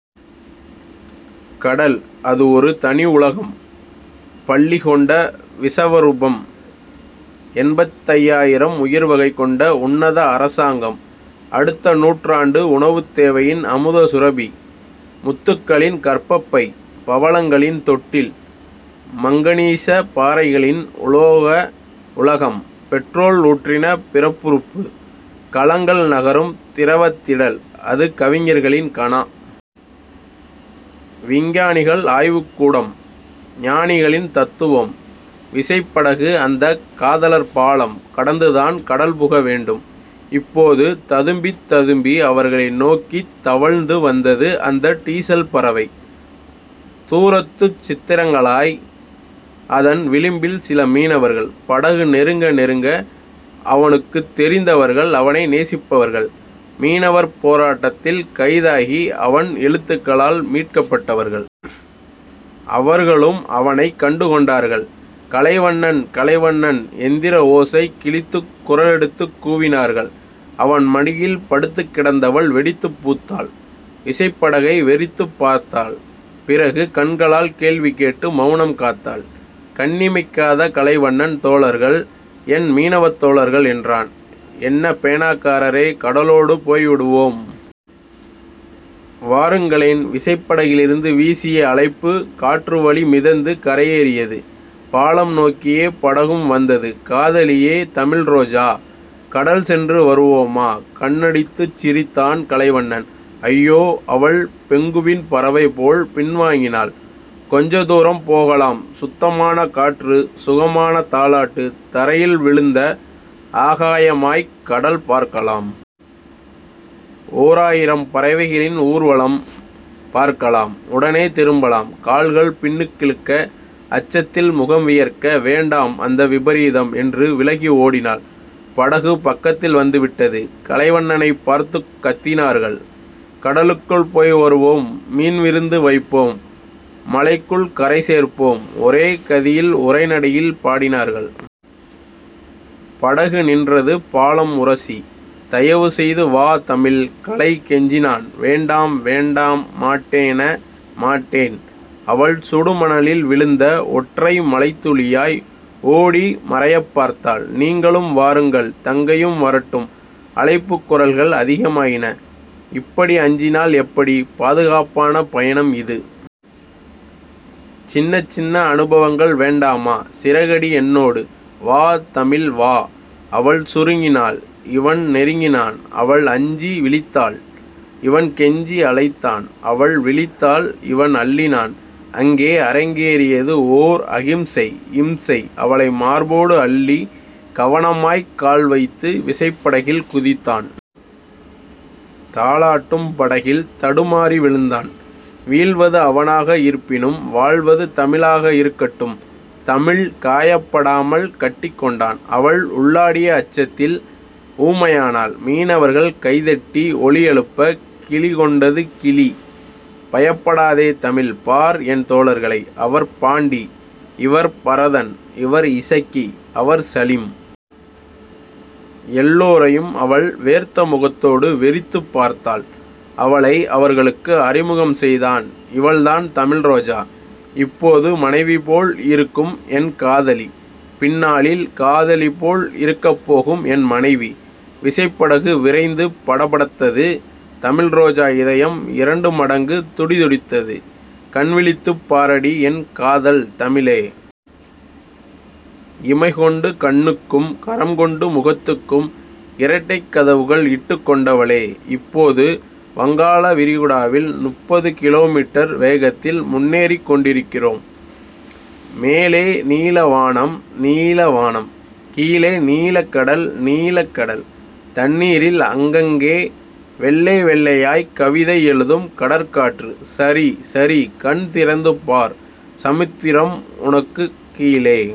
கடல். அது ஒரு தனி உலகம். பள்ளிகொண்ட விஸவருபம். எண்பத்தையாயிரம் உயிர்வகை கொண்ட உன்னத அரசாங்கம். அடுத்த நூற்றாண்டு உணவுத்தேவையின் அமுதசுரபி. முத்துக்களின் கர்ப்பப்பை. பவளங்களின் தொட்டில். மங்கனீஷ பாறைகளின் உலோக உலகம். பெட்ரோல் ஊற்றின பிறப்புறுப்பு. கலங்கள் நகரும் திரவத்திடல். அது கவிஞர்களின் கனா. விஞ்ஞானிகள் ஆய்வுக்கூடம். ஞானிகளின் தத்துவம். விசைப்படகு அந்தக் காதலர்பாலம் கடந்துதான் கடல்புக வேண்டும். இப்போது ததும்பித் ததும்பி அவர்களை நோக்கித் தவழ்ந்து வந்தது அந்த டீசல்பறவை. தூரத்துச் சித்தரங்களாய் அதன் விளிம்பில் சில மீனவர்கள். படகு நெருங்க... நெருங்க... அவனுக்குத் தெரிந்தவர்கள். அவனை நேசிப்பவர்கள். மீனவர் போராட்டத்தில் கைதாகி அவன் எழுத்துக்களால் மீட்கப்பட்டவர்கள். அவர்களும் அவனைக் கண்டுகொண்டார்கள். கலைவண்ணன். கலைவண்ணன். எந்திரஓசை கிழத்துக் குரலெடுத்துக் கூவினார்கள். அவன் மடியில் படுத்துக்கிடந்தவள் வெடித்துப் பூத்தாள். விசைப்படகை வெறித்துப் பார்த்தாள். பிறகு கண்களால் கேள்விகேட்டு மெளனம் காத்தாள். கண்ணிமைக்காத கலைவண்ணன் தோழர்கள். என் மீனவத் தோழர்கள் என்றான். என்ன பேனாக்காரரே. கடலோடு போய்விடுவோம். வாருங்களேன். விசைப்படகிலிருந்து வீசிய அழைப்பு காற்றுவழி மிதந்து கரையேறியது. பாலம் நோக்கியே படகும் வந்தது. காதலியே. தமிழ்ரோஜா. கடல்சென்று வருவோமா? கண்ணடித்துச் சிரித்தான் கலைவண்ணன். அய்யோ. அவள் பெங்குவின் பறவைபோல் பின்வாங்கினாள். கொஞ்சதூரம் போகலாம், சுத்தமான காற்று சுகமான தாலாட்டு தரையில் விழுந்த ஆகாயமாய்க் கடல்பார்க்கலாம். ஓராயிரம் பறவைகளின் ஊர்வலம் பார்க்கலாம் உடனே திரும்பலாம். கால்கள் பின்னுக்கிழுக்க அச்சத்தில் முகம் வியர்க்க வேண்டாம் அந்த விபரீதம் என்று விலகி ஓடினாள். படகு பக்கத்தில் வந்துவிட்டது. கலைவண்ணனைப் பார்த்துக் கத்தினார்கள். கடலுக்குள் போய்வருவோம் மீன்விருந்து வைப்போம் மாலைக்குள் கரைசேர்ப்போம் ஒரே கதியில் உரைநடையில் பாடினார்கள். படகு நின்றது பாலம் உரசி. தயவுசெய்து வா தமிழ் கலை கெஞ்சினான் வேண்டாம் வேண்டாம் மாட்டேன. மாட்டேன். அவள் சுடுமணலில் விழுந்த ஒற்றை மழைத்துளியாய் ஓடி மறையப்பார்த்தாள். நீங்களும் வாருங்கள் தங்கையும் வரட்டும் அழைப்புக் குரல்கள் அதிகமாயின. இப்படி அஞ்சினால் எப்படி? பாதுகாப்பான பயணம் இது. சின்னச்சின்ன அனுபவங்கள் வேண்டாமா? சிறகடி என்னோடு. வா தமிழ். வா. அவள் சுருங்கினாள் இவன் நெருங்கினான். அவள் அஞ்சி விழித்தாள் இவன் கெஞ்சி அழைத்தான். அவள் விழித்தாள். இவன் அள்ளினான். அங்கே அரங்கேறியது ஓர் அகிம்சை இம்சை அவளை மார்போடு அள்ளி கவனமாய்க் கால்வைத்து விசைப்படகில் குதித்தான். தாலாட்டும் படகில் தடுமாறி விழுந்தான். வீழ்வது அவனாக இருப்பினும் வாழ்வது தமிழாக இருக்கட்டும் தமிழ் காயப்படாமல் கட்டிக்கொண்டான். அவள் உள்ளாடிய அச்சத்தில் ஊமையானாள். மீனவர்கள் கைதட்டி ஒலிஎழுப்ப கிலிகொண்டது கிளி. பயப்படாதே தமிழ். பார் என் தோழர்களை. அவர் பாண்டி இவர் பரதன் இவர் இசக்கி அவர் சலிம். எல்லோரையும் அவள் வேர்த்த முகத்தோடு வெறித்துப் பார்த்தாள். அவளை அவர்களுக்கு அறிமுகம் செய்தான் இவள்தான் தமிழ்ரோஜா. இப்போது மனைவிபோல் இருக்கும் என் காதலி. பின்னாளில் காதலிபோல் இருக்கப்போகும் என் மனைவி. விசைப்படகு விரைந்து படபடத்தது தமிழ்ரோஜா இதயம் இரண்டுமடங்கு துடிதுடித்தது. கண்விழித்துப் பாரடி என் காதல்தமிழே. இமைகொண்டு கண்ணுக்கும் கரம்கொண்டு முகத்துக்கும் இரட்டைக்கதவுகள் இட்டுக் கொண்டவளே. இப்போது வங்காள விரிகுடாவில் முப்பது கிலோமீட்டர் வேகத்தில் முன்னேறிக் கொண்டிருக்கிறோம். மேலே நீலவானம் நீளவானம். கீழே நீலக்கடல் நீளக்கடல். தண்ணீரில் அங்கங்கே வெள்ளைவெள்ளையாய்க் கவிதை எழுதும் கடற்காற்று. சரி. சரி. கண்திறந்துபார். சமுத்திரம் உனக்குக் கீழே.